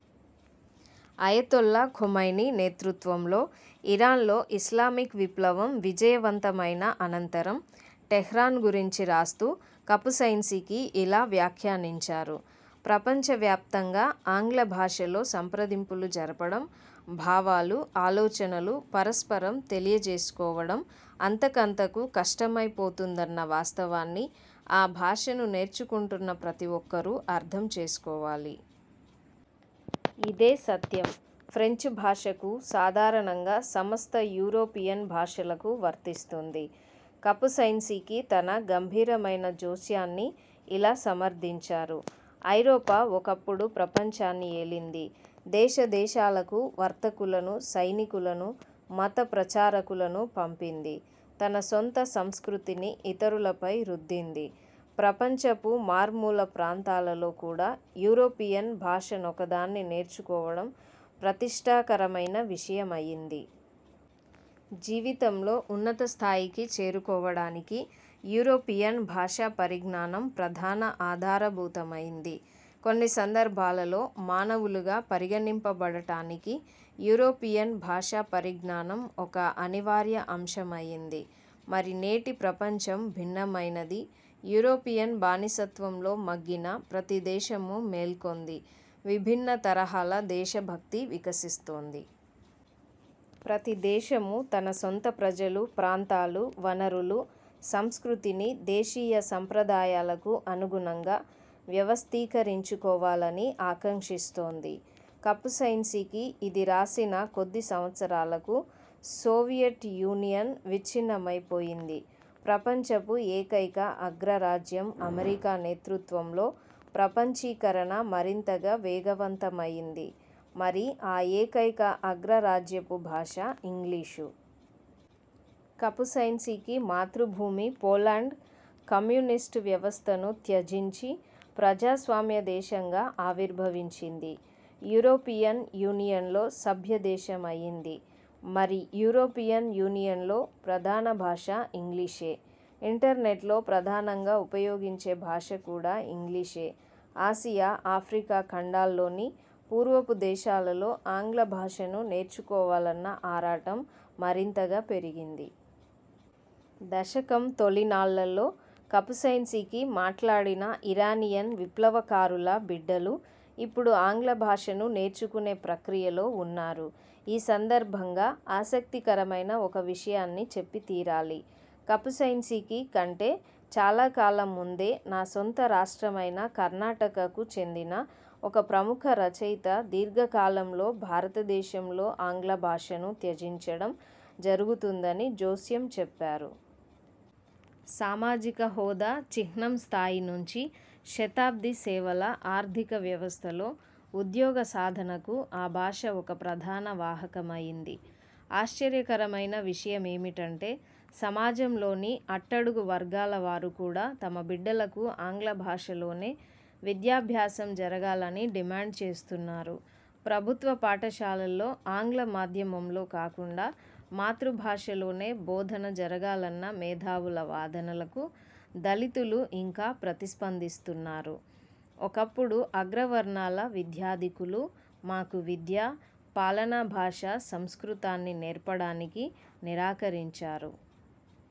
Ayatollah Khomeini నేతృత్వంలో ఇరాన్లో Islamic విప్లవం విజయవంతమైన అనంతరం టెహ్రాన్ గురించి రాస్తూ కపుసైన్సికి ఇలా వ్యాఖ్యానించారు: 'ప్రపంచవ్యాప్తంగా ఆంగ్ల భాషలో సంప్రదింపులు జరపడం, భావాలు, ఆలోచనలు పరస్పరం తెలియజేసుకోవడం అంతకంతకూ కష్టమైపోతుందన్న వాస్తవాన్ని ఆ భాషను నేర్చుకొంటున్న ప్రతి ఒక్కరూ అర్థం చేసుకోవాలి. ఇదే సత్యం ఫ్రెంచ్ భాషకూ, సాధారణంగా సమస్త యూరోపియన్ భాషలకూ వర్తిస్తుంది'. కపుసైన్సికి తన గంభీరమైన జోస్యాన్ని ఇలా సమర్థించారు: 'ఐరోపా ఒకప్పుడు ప్రపంచాన్ని ఏలింది. దేశ దేశాలకు వర్తకులను, సైనికులను, మతప్రచారకులను పంపింది. తన సొంత సంస్కృతిని ఇతరులపై రుద్దింది ప్రపంచపు మార్మూల ప్రాంతాలలో కూడా యూరోపియన్ భాషనొకదాన్ని నేర్చుకోవడం ప్రతిష్ఠాకరమైన విషయమయింది. జీవితంలో ఉన్నత స్థాయికి చేరుకోవడానికి యూరోపియన్ భాషా పరిజ్ఞానం ప్రధాన ఆధారభూతమయింది. కొన్ని సందర్భాలలో మానవులుగా పరిగణింపబడడానికి యూరోపియన్ భాషా పరిజ్ఞానం ఒక అనివార్య అంశమయింది మరి నేటి ప్రపంచం భిన్నమైనది. యూరోపియన్ బానిసత్వంలో మగ్గిన ప్రతి దేశమూ మేల్కొంది. విభిన్న తరహాల దేశభక్తి వికసిస్తోంది. ప్రతి దేశమూ తన సొంత ప్రజలు, ప్రాంతాలు, వనరులు, సంస్కృతిని దేశీయ సంప్రదాయాలకు అనుగుణంగా వ్యవస్థీకరించుకోవాలని ఆకాంక్షిస్తోంది'. కపుసైన్సికి ఇది రాసిన కొద్ది సంవత్సరాలకు సోవియట్ యూనియన్ విచ్ఛిన్నమైపోయింది. ప్రపంచపు ఏకైక అగ్రరాజ్యం అమెరికా నేతృత్వంలో ప్రపంచీకరణ మరింతగా వేగవంతమయింది. మరి ఆ ఏకైక అగ్రరాజ్యపు భాష ఇంగ్లీషు. కపుసైన్సికి మాతృభూమి పోలండ్ కమ్యూనిస్టు వ్యవస్థను త్యజించి ప్రజాస్వామ్య దేశంగా ఆవిర్భవించింది. యూరోపియన్ యూనియన్లో సభ్య దేశమయింది. మరి యూరోపియన్ యూనియన్లో ప్రధాన భాష ఇంగ్లీషే. ఇంటర్నెట్లో ప్రధానంగా ఉపయోగించే భాష కూడా ఇంగ్లీషే. ఆసియా, ఆఫ్రికా ఖండాల్లోని పూర్వపు దేశాలలో ఆంగ్లభాషను నేర్చుకోవాలన్న ఆరాటం మరింతగా పెరిగింది. దశకం తొలినాళ్ళలో కపుసైన్సికి మాట్లాడిన ఇరానియన్ విప్లవకారుల బిడ్డలు ఇప్పుడు ఆంగ్లభాషను నేర్చుకునే ప్రక్రియలో వున్నారు. ఈ సందర్భంగా ఆసక్తికరమైన ఒక విషయాన్ని చెప్పితీరాలి. కపుసైన్సికి కంటే చాలాకాలం ముందే నా సొంత రాష్ట్రమైన కర్ణాటకకు చెందిన ఒక ప్రముఖ రచయిత 'దీర్ఘకాలంలో భారతదేశంలో ఆంగ్ల భాషను త్యజించడం జరుగుతుందని' జోస్యం చెప్పారు. సామాజిక హోదా చిహ్నం స్థాయి నుంచి శతాబ్ది సేవల ఆర్థిక వ్యవస్థలో ఉద్యోగసాధనకు ఆ భాష ఒక ప్రధాన వాహకమయింది. ఆశ్చర్యకరమైన విషయమేమిటంటే సమాజంలోని అట్టడుగు వర్గాలవారు కూడా తమబిడ్డలకు ఆంగ్లభాషలోనే విద్యాభ్యాసం జరగాలని డిమాండ్ చేస్తున్నారు. ప్రభుత్వపాఠశాలల్లో ఆంగ్ల మాధ్యమంలో కాకుండా మాతృభాషలోనే బోధన జరగాలన్న మేధావుల వాదనలకు దళితులు ఇలా ప్రతిస్పందిస్తున్నారు: 'ఒకప్పుడు అగ్రవర్ణాల విద్యాధికులు మాకు విద్యా, పాలనాభాష సంస్కృతాన్ని నేర్పడానికి నిరాకరించారు.